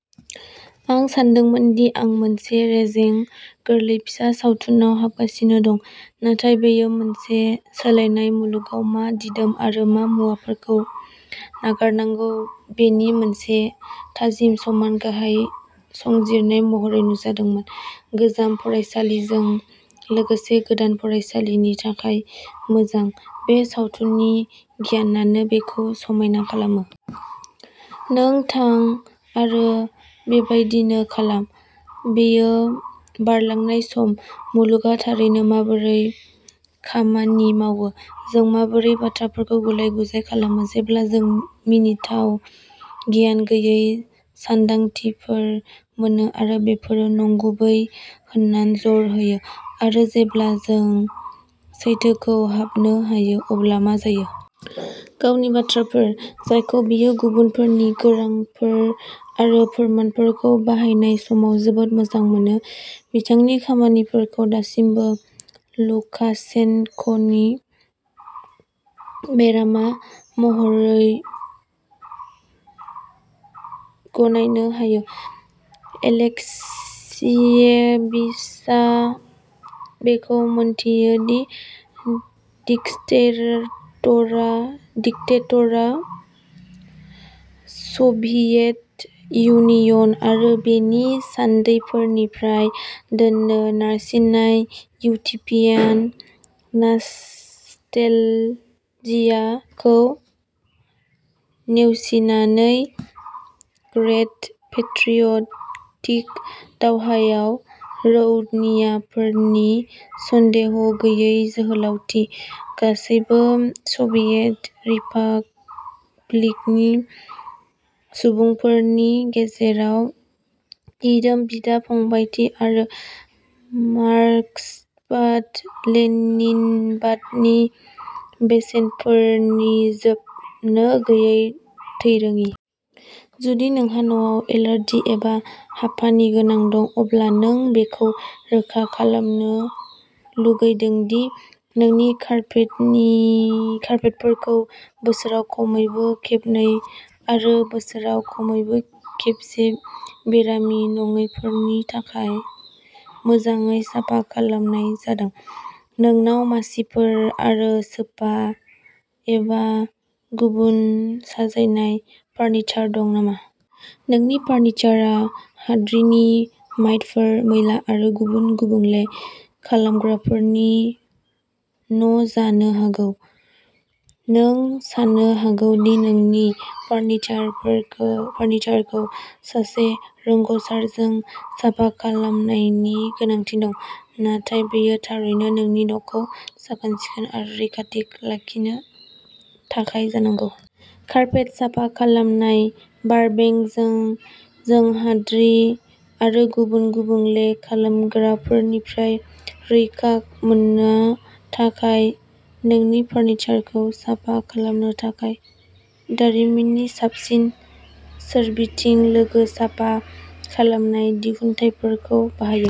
आं सानदोंमोन दि आं मोनसे रेजें, गोरलै फिसा सावथुनाव हाबगासिनो दं, नाथाय बेयो मोनसे सोलायनाय मुलुगाव मा दिदोम आरो मा मुवाफोरखौ नागारनांगौ बेनि मोनसे थाजिम समान-गाहाय संजिरनाय महरै नुजादोंमोन। गोजाम फरायसालिजों लोगोसे गोदान फरायसालिनि थाखाय मोजां, बे सावथुननि गियानानो बेखौ समायना खालामो। नों थां आरो बेबायदिनो खालाम। बेयो बारलांनाय सम, मुलुगआ थारैनो माबोरै खामानि मावो, जों माबोरै बाथ्राफोरखौ गुलाय-गुजाय खालामो जेब्ला जों मिनिथाव गियान गैयै सानदांथिफोर मोनो आरो बेफोरो नंगुबै होनना जर होयो, आरो जेब्ला जों सैथोखौ हाबनो होयो अब्ला मा जायो। गावनि बाथ्राफोर, जायखौ बियो गुबुनफोरनि गारांफोर आरो फोरमानफोरखौ बाहायनाय समाव जोबोद मोजां मोनो, बिथांनि खामानिफोरखौ दासिमबो लुकाशेन्क'नि बेरेखा महरै गनायनो हायो। एलेक्सियेविचआ बेखौ मोनथियो दि डिक्टेडरआ सभियेट इउनियन आरो बेनि थान्दैफोरनिफ्राय दोननो नारसिननाय इउटोपियान नास्टेलजियाखौ नेवसिनानै-- ग्रेट पेट्रियटिक दावहायाव रौनियाफोरनि सन्देह गैयै जोहोलावथि, गासैबो सभियेट रिपाब्लिकनि सुबुंफोरनि गेजेराव दिदोम बिदा-फंबायथि, आरो मार्क्सबाद-लेनिनबादनि बेसेनफोरनि जोबनोगैयै थैरोङि। जुदि नोंहा न'आव एलार्जि एबा हापानि गोनां दं, अब्ला नों बेखौ रोखा खालामनो लुगैदों दि नोंनि कारपेटफोरखौ बोसोराव खमैबो खेबनै आरो बोसोराव खमैबो खेबसे बेरामि नङैफोरनि थाखाय मोजाङै साफा खालामनाय जादों। नोंनाव मासिफोर आरो सोफा एबा गुबुन साजायनाय फार्निचार दं नामा? नोंनि फार्निचारआ हाद्रिनि माइटफोर, मैला आरो गुबुन गुबुंले खालामग्राफोरनि न'जानो हागौ। नों सानो हागौ दि नोंनि फार्निचारखौ सासे रोंग'सारजों साफा खालामनायनि गोनांथि दं, नाथाय बेयो थारैनो नोंनि न'खौ साखोन-सिखोन आरो रैखाथि लाखिनो थाखाय जानांगौ। कारपेट साफा खालामनाय बारबेंकजों, जों हाद्रि आरो गुबुन गुबुंले खालामग्राफोरनिफ्राय रैखा मोननो थाखाय नोंनि फार्निचारखौ साफा खालामनो थाखाय दारिमिननि साबसिन सोरबिथिं-लोगो साफा खालामनाय दिहुनथायफोरखौ बाहायो।